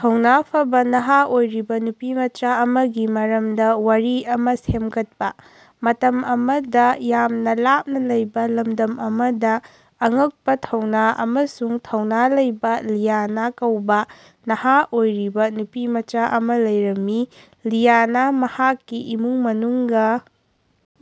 ꯊꯧꯅ ꯐꯕꯥ ꯅꯍꯥ ꯑꯣꯏꯔꯤꯕ ꯅꯨꯄꯤꯃꯆꯥ ꯑꯃꯒꯤ ꯃꯔꯝꯗ ꯋꯥꯔꯤ ꯑꯃ ꯁꯦꯝꯒꯠꯄ꯫ ꯃꯇꯝ ꯑꯃꯗ ꯌꯥꯝꯅ ꯂꯥꯞꯅ ꯂꯩꯕ ꯂꯝꯗꯝ ꯑꯃꯗ ꯑꯉꯛꯄ ꯊꯧꯅ ꯑꯃꯁꯨꯡ ꯊꯧꯅ ꯂꯩꯕ ꯂꯤꯌꯥꯅ ꯀꯧꯕ ꯅꯍꯥ ꯑꯣꯏꯔꯤꯕ ꯅꯨꯄꯤꯃꯆꯥ ꯑꯃ ꯂꯩꯔꯝꯃꯤ꯫ ꯂꯤꯌꯥꯅ ꯃꯍꯥꯛꯀꯤ ꯏꯃꯨꯡ ꯃꯅꯨꯡꯒ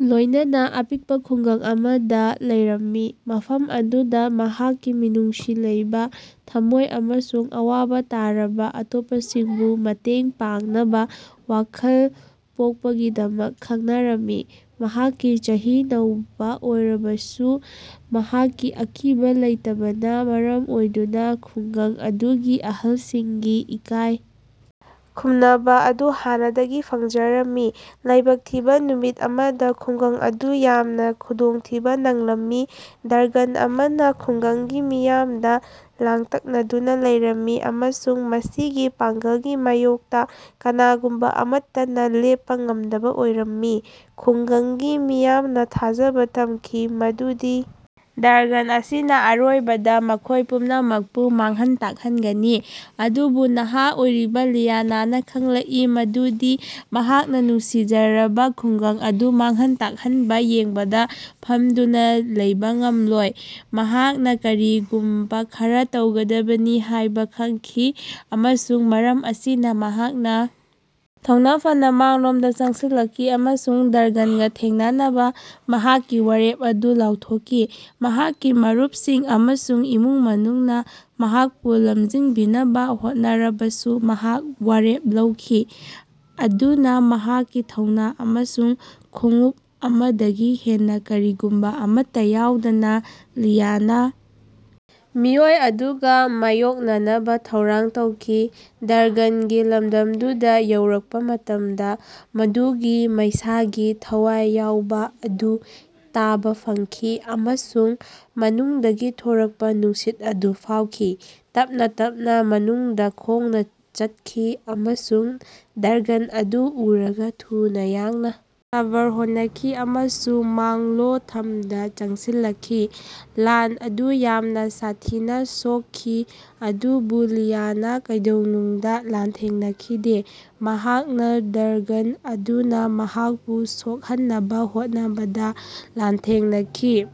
ꯂꯣꯏꯅꯅ ꯑꯄꯤꯛꯄ ꯈꯨꯡꯒꯪ ꯑꯃꯗ ꯂꯩꯔꯝꯃꯤ ꯃꯐꯝ ꯑꯗꯨꯗ ꯃꯍꯥꯛꯀꯤ ꯃꯤꯅꯨꯡꯁꯤ ꯂꯩꯕ ꯊꯝꯃꯣꯏ ꯑꯃꯁꯨꯡ ꯑꯋꯥꯕ ꯇꯥꯔꯕ ꯑꯇꯣꯞꯄꯁꯤꯡꯕꯨ ꯃꯇꯦꯡ ꯄꯥꯡꯅꯕ ꯋꯥꯈꯜ ꯄꯣꯛꯄꯒꯤꯗꯃꯛ ꯈꯪꯅꯔꯝꯃꯤ꯫ ꯃꯍꯥꯛꯀꯤ ꯆꯍꯤ ꯅꯧꯕ ꯑꯣꯏꯔꯕꯁꯨ ꯃꯍꯥꯛꯀꯤ ꯑꯀꯤꯕ ꯂꯩꯇꯕꯅ ꯃꯔꯝ ꯑꯣꯏꯗꯨꯅ ꯈꯨꯡꯒꯪ ꯑꯗꯨꯒꯤ ꯑꯍꯜꯁꯤꯡꯒꯤ ꯏꯀꯥꯏ ꯈꯨꯝꯅꯕ ꯑꯗꯨ ꯍꯥꯟꯅꯗꯒꯤ ꯐꯪꯖꯔꯝꯃꯤ꯫ ꯂꯥꯏꯕꯛ ꯊꯤꯕ ꯅꯨꯃꯤꯠ ꯑꯃꯗ ꯈꯨꯡꯒꯪ ꯑꯗꯨ ꯌꯥꯝꯅ ꯈꯨꯗꯣꯡꯊꯤꯕ ꯅꯪꯂꯝꯃꯤ꯫ ꯗ꯭ꯔꯒꯟ ꯑꯃꯅ ꯈꯨꯡꯒꯪꯒꯤ ꯃꯤꯌꯥꯝꯗ ꯂꯥꯡꯇꯛꯅꯗꯨꯅ ꯂꯩꯔꯝꯃꯤ ꯑꯃꯁꯨꯡ ꯃꯁꯤꯒꯤ ꯄꯥꯡꯒꯜꯒꯤ ꯃꯥꯌꯣꯛꯇ ꯀꯅꯥꯒꯨꯝꯕ ꯑꯃꯠꯇꯅ ꯂꯦꯞꯄ ꯉꯝꯗꯕ ꯑꯣꯏꯔꯝꯃꯤ꯫ ꯈꯨꯡꯒꯪꯒꯤ ꯃꯤꯌꯥꯝꯅ ꯊꯥꯖꯕ ꯊꯝꯈꯤ ꯃꯗꯨꯗꯤ ꯗ꯭ꯔꯒꯟ ꯑꯁꯤꯅ ꯑꯔꯣꯏꯕꯗ ꯃꯈꯣꯏ ꯄꯨꯝꯅꯃꯛꯄꯨ ꯃꯥꯡꯍꯟ ꯇꯥꯛꯍꯟꯒꯅꯤ꯫ ꯑꯗꯨꯕꯨ ꯅꯍꯥ ꯑꯣꯏꯔꯤꯕ ꯂꯤꯌꯥꯅꯥꯅ ꯈꯪꯂꯛꯏ ꯃꯗꯨꯗꯤ ꯃꯍꯥꯛꯅ ꯅꯨꯡꯁꯤꯖꯔꯕ ꯈꯨꯡꯒꯪ ꯑꯗꯨ ꯃꯥꯡꯍꯟ ꯇꯥꯛꯍꯟꯕ ꯌꯦꯡꯕꯗ ꯐꯝꯗꯨꯅ ꯂꯩꯕ ꯉꯝꯂꯣꯏ꯫ ꯃꯍꯥꯛꯅ ꯀꯔꯤꯒꯨꯝꯕ ꯈꯔ ꯇꯧꯒꯗꯕꯅꯤ ꯍꯥꯏꯕ ꯈꯪꯈꯤ ꯑꯃꯁꯨꯡ ꯃꯔꯝ ꯑꯁꯤꯅ ꯃꯍꯥꯛꯅ ꯊꯧꯅ ꯐꯅꯥ ꯃꯥꯡꯂꯣꯝꯗ ꯆꯪꯁꯤꯜꯂꯛꯈꯤ ꯑꯃꯁꯨꯡ ꯗ꯭ꯔꯒꯟꯒ ꯊꯦꯡꯅꯅꯕ ꯃꯍꯥꯛꯀꯤ ꯋꯥꯔꯦꯞ ꯑꯗꯨ ꯂꯥꯎꯊꯣꯛꯈꯤ꯫ ꯃꯍꯥꯛꯀꯤ ꯃꯔꯨꯄꯁꯤꯡ ꯑꯃꯁꯨꯡ ꯏꯃꯨꯡ ꯃꯅꯨꯡꯅ ꯃꯍꯥꯛꯄꯨ ꯂꯝꯖꯤꯡꯕꯤꯅꯕ ꯍꯣꯠꯅꯔꯕꯁꯨ ꯃꯍꯥꯛ ꯋꯥꯔꯦꯞ ꯂꯧꯈꯤ꯫ ꯑꯗꯨꯅ ꯃꯍꯥꯛꯀꯤ ꯊꯧꯅ ꯑꯃꯁꯨꯡ ꯈꯣꯡꯎꯞ ꯑꯃꯗꯒꯤ ꯍꯦꯟꯅ ꯀꯔꯤꯒꯨꯝꯕ ꯑꯃꯠꯇ ꯌꯥꯎꯗꯅ ꯂꯤꯌꯥꯅ ꯃꯤꯑꯣꯏ ꯑꯗꯨꯒ ꯃꯥꯌꯣꯛꯅꯅꯕꯥ ꯊꯧꯔꯥꯡ ꯇꯧꯈꯤ꯫ ꯗ꯭ꯔꯒꯅꯒꯤ ꯂꯝꯗꯝꯗꯨꯗ ꯌꯧꯔꯛꯄ ꯃꯇꯝꯗ ꯃꯗꯨꯒꯤ ꯃꯩꯁꯥꯒꯤ ꯊꯋꯥꯏ ꯌꯥꯎꯕ ꯑꯗꯨ ꯇꯥꯕ ꯐꯪꯈꯤ ꯑꯃꯁꯨꯡ ꯃꯅꯨꯡꯗꯒꯤ ꯊꯣꯔꯛꯄ ꯅꯨꯡꯁꯤꯠ ꯑꯗꯨ ꯐꯥꯎꯈꯤ꯫ ꯇꯞꯅ ꯇꯞꯅ ꯃꯅꯨꯡꯗ ꯈꯣꯡꯅ ꯆꯠꯈꯤ ꯑꯃꯁꯨꯡ ꯗ꯭ꯔꯒꯟ ꯑꯗꯨ ꯎꯔꯒ ꯊꯨꯅ ꯌꯥꯡꯅ ꯁꯕꯔ ꯍꯣꯅꯈꯤ ꯑꯃꯁꯨꯡ ꯃꯥꯡꯂꯣꯊꯝꯗ ꯆꯪꯁꯤꯜꯂꯛꯈꯤ꯫ ꯂꯥꯟ ꯑꯗꯨ ꯌꯥꯝꯅ ꯁꯥꯊꯤꯅ ꯁꯣꯛꯈꯤ ꯑꯗꯨꯕꯨ ꯂꯤꯌꯥꯅ ꯀꯩꯗꯧꯅꯨꯡꯗ ꯂꯥꯟꯊꯦꯡꯅꯈꯤꯗꯦ꯫ ꯃꯍꯥꯛꯅꯥ ꯗ꯭ꯔꯒꯟ ꯑꯗꯨꯅ ꯃꯍꯥꯛꯄꯨ ꯁꯣꯛꯍꯟꯅꯕ ꯍꯣꯠꯅꯕꯗ ꯂꯥꯟꯊꯦꯡꯅꯈꯤ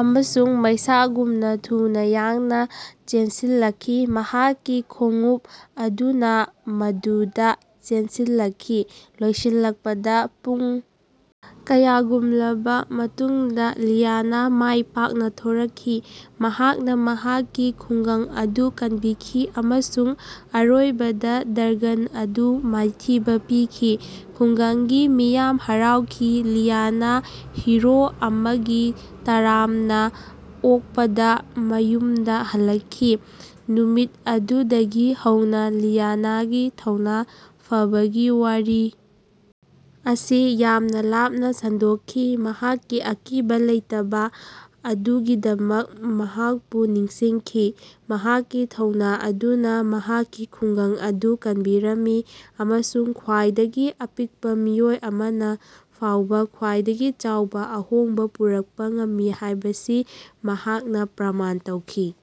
ꯑꯃꯁꯨꯡ ꯃꯩꯁꯥꯒꯨꯝꯅ ꯊꯨꯅ ꯌꯥꯡꯅ ꯆꯦꯟꯁꯤꯜꯂꯛꯈꯤ ꯃꯍꯥꯛꯀꯤ ꯈꯣꯡꯎꯞ ꯑꯗꯨꯅ ꯃꯗꯨꯗ ꯆꯦꯟꯁꯤꯜꯂꯛꯈꯤ꯫ ꯂꯣꯏꯁꯤꯜꯂꯛꯄꯗ ꯄꯨꯡ ꯀꯌꯥꯒꯨꯝꯂꯕ ꯃꯇꯨꯡꯗ ꯂꯤꯌꯥꯅ ꯃꯥꯏꯄꯥꯛꯅ ꯊꯣꯔꯛꯈꯤ꯫ ꯃꯍꯥꯛꯅ ꯃꯍꯥꯛꯀꯤ ꯈꯨꯡꯒꯪ ꯑꯗꯨ ꯀꯟꯕꯤꯈꯤ ꯑꯃꯁꯨꯡ ꯑꯔꯣꯏꯕꯗ ꯗ꯭ꯔꯒꯟ ꯑꯗꯨ ꯃꯥꯏꯊꯤꯕ ꯄꯤꯈꯤ꯫ ꯈꯨꯡꯒꯪꯒꯤ ꯃꯤꯌꯥꯝ ꯍꯔꯥꯎꯈꯤ ꯂꯤꯌꯥꯅ ꯍꯤꯔꯣ ꯑꯃꯒꯤ ꯇꯔꯥꯝꯅ ꯑꯣꯛꯄꯗ ꯃꯌꯨꯝꯗ ꯍꯜꯂꯛꯈꯤ꯫ ꯅꯨꯃꯤꯠ ꯑꯗꯨꯗꯒꯤ ꯍꯧꯅ ꯂꯤꯌꯥꯅꯥꯒꯤ ꯊꯧꯅ ꯐꯕꯒꯤ ꯋꯥꯔꯤ ꯑꯁꯤ ꯌꯥꯝꯅ ꯂꯥꯞꯅ ꯁꯟꯗꯣꯛꯈꯤ ꯃꯍꯥꯛꯀꯤ ꯑꯀꯤꯕꯥ ꯂꯩꯇꯕꯥ ꯑꯗꯨꯒꯤꯗꯃꯛ ꯃꯍꯥꯛꯄꯨ ꯅꯤꯡꯁꯤꯡꯈꯤ꯫ ꯃꯍꯥꯛꯀꯤ ꯊꯧꯅ ꯑꯗꯨꯅ ꯃꯍꯥꯛꯀꯤ ꯈꯨꯡꯒꯪ ꯑꯗꯨ ꯀꯟꯕꯤꯔꯝꯃꯤ ꯑꯃꯁꯨꯡ ꯈ꯭ꯋꯥꯏꯗꯒꯤ ꯑꯄꯤꯛꯄ ꯃꯤꯑꯣꯏ ꯑꯃꯅ ꯐꯥꯎꯕ ꯈ꯭ꯋꯥꯏꯗꯒꯤ ꯆꯥꯎꯕ ꯑꯍꯣꯡꯕ ꯄꯨꯔꯛꯄ ꯉꯝꯃꯤ ꯍꯥꯏꯕꯁꯤ ꯃꯍꯥꯛꯅ ꯄꯔꯃꯥꯟ ꯇꯧꯈꯤ꯫